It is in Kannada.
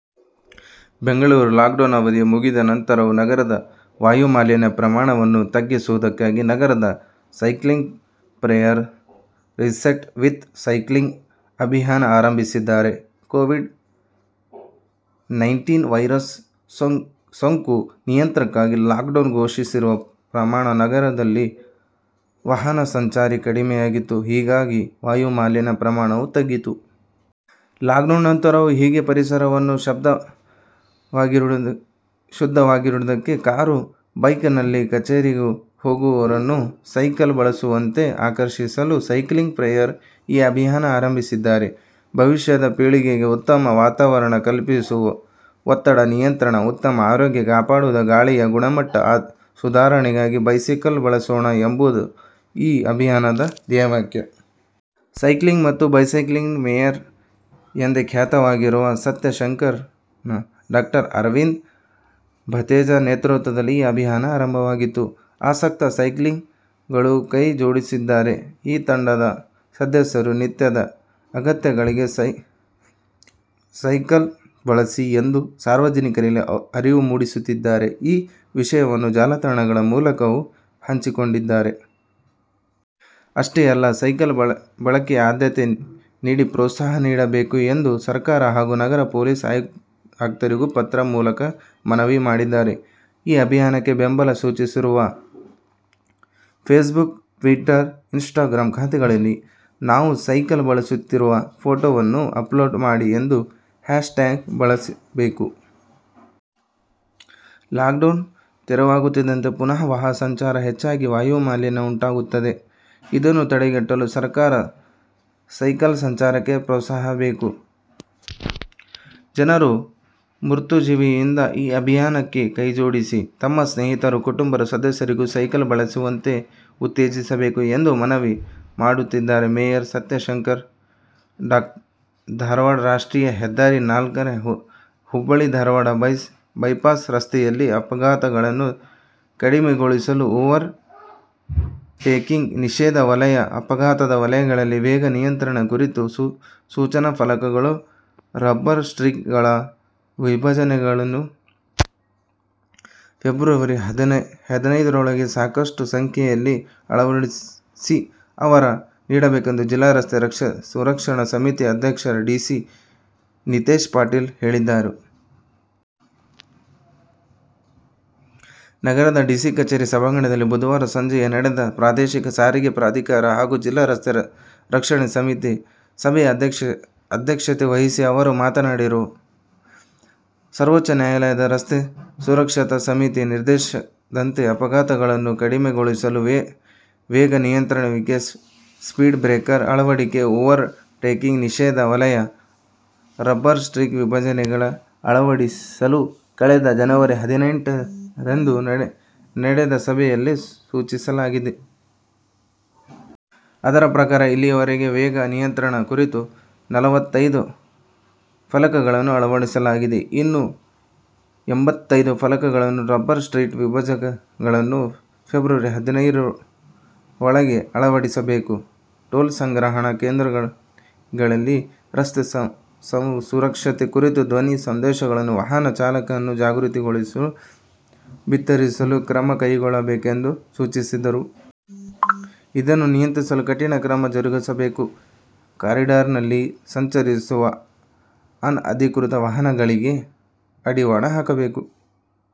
ಬೆಂಗಳೂರು: ಲಾಕ್ಡೌನ್ ಅವಧಿ ಮುಗಿದ ನಂತರವೂ, ನಗರದ ವಾಯುಮಾಲಿನ್ಯ ಪ್ರಮಾಣವನ್ನು ತಗ್ಗಿಸುವುದಕ್ಕಾಗಿ ನಗರದ ಸೈಕ್ಲಿಂಗ್ ಪ್ರಿಯರು 'ರಿಸೆಟ್ ವಿತ್ ಸೈಕ್ಲಿಂಗ್' ಅಭಿಯಾನ ಆರಂಭಿಸಿದ್ದಾರೆ. ಕೋವಿಡ್- ನೈನ್ಟೀನ್ ವೈರಸ್ ಸೋಂಕು ನಿಯಂತ್ರಣಕ್ಕಾಗಿ ಲಾಕ್ಡೌನ್ ಘೋಷಿಸಿರುವ ಪರಿಣಾಮ ನಗರದಲ್ಲಿ ವಾಹನ ಸಂಚಾರ ಕಡಿಮೆಯಾಗಿತ್ತು. ಹೀಗಾಗಿ ವಾಯುಮಾಲಿನ್ಯ ಪ್ರಮಾಣವೂ ತಗ್ಗಿತ್ತು. ಲಾಕ್ಡೌನ್ ನಂತರವೂ ಹೀಗೆ ಪರಿಸರವನ್ನು ಶುದ್ಧವಾಗಿಡುವುದಕ್ಕಾಗಿ ಕಾರು, ಬೈಕ್ನಲ್ಲಿ ಕಚೇರಿಗೆ ಹೋಗುವವರನ್ನು, ಸೈಕಲ್ ಬಳಸುವಂತೆ ಆಕರ್ಷಿಸಲು ಸೈಕ್ಲಿಂಗ್ ಪ್ರಿಯರು ಈ ಅಭಿಯಾನ ಅರಂಭಿಸಿದ್ದಾರೆ. 'ಭವಿಷ್ಯದ ಪೀಳಿಗೆಗೆ ಉತ್ತಮ ವಾತಾವರಣ ಕಲ್ಪಿಸುವುದು, ಒತ್ತಡ ನಿಯಂತ್ರಣ, ಉತ್ತಮ ಆರೋಗ್ಯ ಕಾಪಾಡುವುದು, ಗಾಳಿಯ ಗುಣಮಟ್ಟ ಸುಧಾರಣೆಗಾಗಿ ಬೈಸಿಕಲ್ ಬಳಸೋಣ' ಎಂಬುದು ಈ ಅಭಿಯಾನದ ಧ್ಯೇಯ ವಾಕ್ಯ. ಸೈಕ್ಲಿಸ್ಟ್ ಮತ್ತು ಬೈಸಿಕಲ್ ಮೇಯರ್ ಎಂದೇ ಖ್ಯಾತರಾಗಿರುವ ಸತ್ಯ ಶಂಕರನ್, ಡಾ. ಅರವಿಂದ್ ಭತೇಜಾ ನೇತೃತ್ವದಲ್ಲಿ ಈ ಅಭಿಯಾನ ಆರಂಭವಾಗಿದ್ದು, ಆಸಕ್ತ ಸೈಕ್ಲಿಸ್ಟ್ಗಳೂ ಕೈ ಜೋಡಿಸಿದ್ದಾರೆ. ಈ ತಂಡದ ಸದಸ್ಯರು, 'ನಿತ್ಯದ ಅಗತ್ಯಗಳಿಗೆ ಸೈಕಲ್'ಬಳಸಿ ಎಂದು ಸಾರ್ವಜನಿಕರಲ್ಲಿ ಅರಿವು ಮೂಡಿಸುತ್ತಿದ್ದಾರೆ. ಈ ವಿಷಯವನ್ನು ಜಾಲತಾಣಗಳ ಮೂಲಕವೂ ಹಂಚುತ್ತಿದ್ದಾರೆ. 'ಅಷ್ಟೇ ಅಲ್ಲ, ಸೈಕಲ್ ಬಳಕೆಗೆ ಆದ್ಯತೆ ನೀಡಿ, ಪ್ರೋತ್ಸಾಹ ನೀಡಬೇಕು' ಎಂದು ಸರ್ಕಾರ ಹಾಗೂ ನಗರ ಪೊಲೀಸ್ ಆಯುಕ್ತರಿಗೂ ಪತ್ರದ ಮೂಲಕ ಮನವಿ ಮಾಡಿದ್ದಾರೆ. ಈ ಅಭಿಯಾನಕ್ಕೆ ಬೆಂಬಲ ಸೂಚಿಸುವವರು ಫೇಸ್ಬುಕ್, ಟ್ವಿಟ್ಟರ್, ಇನ್ಸ್ಟಾಗ್ರಾಂ ಖಾತೆಗಳಲ್ಲಿ ತಾವು ಸೈಕಲ್ ಬಳಸುತ್ತಿರುವ ಫೋಟೊವನ್ನು ಅಪ್ಲೋಡ್ ಮಾಡಿ ಎಂದು ಹ್ಯಾಷ್ ಟ್ಯಾಗ್ ಬಳಸಬೇಕು. 'ಲಾಕ್ಡೌನ್ ತೆರವಾಗುತ್ತಿದ್ದಂತೆ ಪುನಃ ವಾಹನ ಸಂಚಾರ ಹೆಚ್ಚಾಗಿ ವಾಯುಮಾಲಿನ್ಯ ಉಂಟಾಗುತ್ತದೆ. ಇದನ್ನು ತಡೆಗಟ್ಟಲು ಸರ್ಕಾರ ಸೈಕಲ್ ಸಂಚಾರಕ್ಕೆ ಪ್ರೋತ್ಸಾಹಿಸಬೇಕು. ಜನರೂ ಮುತುವರ್ಜಿಯಿಂದ ಈ ಅಭಿಯಾನಕ್ಕೆ ಕೈಜೋಡಿಸಿ, ತಮ್ಮ ಸ್ನೇಹಿತರು, ಕುಟುಂಬ ಸದಸ್ಯರಿಗೂ ಸೈಕಲ್ ಬಳಸುವಂತೆ ಉತ್ತೇಜಿಸಬೇಕು' ಎಂದು ಮನವಿ ಮಾಡುತ್ತಾರೆ ಮೇಯರ್ ಸತ್ಯ ಶಂಕರನ್. ಧಾರವಾಡ: ರಾಷ್ಟ್ರೀಯ ಹೆದ್ದಾರಿ ನಾಲ್ಕರ ಹುಬ್ಬಳ್ಳಿ-ಧಾರವಾಡ ಬೈಪಾಸ್ ರಸ್ತೆಯಲ್ಲಿ ಅಪಘಾತಗಳನ್ನು ಕಡಿಮೆಗೊಳಿಸಲು ಓವರ್ ಟೇಕಿಂಗ್ ನಿಷೇಧ ವಲಯ, ಅಪಘಾತ ವಲಯಗಳಲ್ಲಿ ವೇಗ ನಿಯಂತ್ರಣ ಕುರಿತ ಸೂಚನಾ ಫಲಕಗಳು, ರಬ್ಬರ್ ಸ್ಟ್ರಿಪ್ ಗಳ ವಿಭಜಕಗಳನ್ನು ಫೆಬ್ರವರಿ ಹದಿನೈದರೊಳಗೆ ಸಾಕಷ್ಟು ಸಂಖ್ಯೆಯಲ್ಲಿ ಅಳವಡಿಸಿ ವರದಿ ನೀಡಬೇಕೆಂದು ಜಿಲ್ಲಾ ರಸ್ತೆ ಸುರಕ್ಷತಾ ಸಮಿತಿ ಅಧ್ಯಕ್ಷ ಡಿಸಿ ನಿತೇಶ ಪಾಟೀಲ ಹೇಳಿದರು. ನಗರದ ಡಿಸಿ ಕಚೇರಿ ಸಭಾಂಗಣದಲ್ಲಿ ಬುಧವಾರ ಸಸಂಜೆ ನಡೆದ ಪ್ರಾದೇಶಿಕ ಸಾರಿಗೆ ಪ್ರಾಧಿಕಾರ ಹಾಗೂ ಜಿಲ್ಲಾ ರಸ್ತೆ ರಕ್ಷತಾ ಸಮಿತಿ ಸಭೆಯ ಅಧ್ಯಕ್ಷತೆ ವಹಿಸಿ ಅವರು ಮಾತನಾಡಿದರು. ಸರ್ವೋತ್ಛ ನ್ಯಾಯಾಲಯದ ರಸ್ತೆ ಸುರಕ್ಷತಾ ಸಮಿತಿ ನಿರ್ದೇಶನದಂತೆ ಅಪಘಾತಗಳನ್ನು ಕಡಿಮೆಗೊಳಿಸಲು ವೇಗ ನಿಯಂತ್ರಿಸುವಿಕೆ, ಸ್ಪೀಡ್ ಬ್ರೇಕರ್ ಅಳವಡಿಕೆ, ಓವರ್ ಟೇಕಿಂಗ್ ನಿಷೇಧ ವಲಯ, ರಬ್ಬರ್ ಸ್ಟ್ರಿಪ್ ವಿಭಜಕಗಳ ಅಳವಡಿಸಲು ಕಳೆದ ಜನವರಿ ಹದಿನೆಂಟರಂದು ನಡೆದ ಸಭೆಯಲ್ಲಿ ಸೂಚಿಸಲಾಗಿತ್ತು. ಅದರ ಪ್ರಕಾರ ಇಲ್ಲಿಯವರೆಗೆ ವೇಗ ನಿಯಂತ್ರಣ ಕುರಿತು ನಲವತ್ತು ಫಲಕಗಳನ್ನು ಅಳವಡಿಸಲಾಗಿದೆ. ಇನ್ನೂ ಎಂಬತ್ತೈದು ಫಲಕಗಳನ್ನು, ರಬ್ಬರ್ ಸ್ಟ್ರಿಪ್ ವಿಭಜಕಗಳನ್ನು ಫೆಬ್ರವರಿ ಹದಿನೈದರೊಳಗೆ ಅಳವಡಿಸಬೇಕು. ಟೋಲ್ ಸಂಗ್ರಹಣಾ ಕೇಂದ್ರದಲ್ಲಿ ರಸ್ತೆ ಸುರಕ್ಷತೆ ಕುರಿತ ಧ್ವನಿ ಸಂದೇಶಗಳು ವಾಹನ ಚಾಲಕರನ್ನು ಜಾಗೃತಿಗೊಳಿಸಲು ಬಿತ್ತರಿಸಲು ಕ್ರಮ ಕೈಗೊಳ್ಳಬೇಕೆಂದು ಸೂಚಿಸಿದರು. ಇದನ್ನು ನಿಯಂತ್ರಿಸಲು ಕಠಿಣ ಕ್ರಮ ಜರುಗಿಸಬೇಕು. ಕಾರಿಡಾರ್ನಲ್ಲಿ ಸಂಚರಿಸುವ ಅನ ಧಿಕೃತ ವಾಹನಗಳಿಗೆ ಕಡಿವಾಣ ಹಾಕಬೇಕು.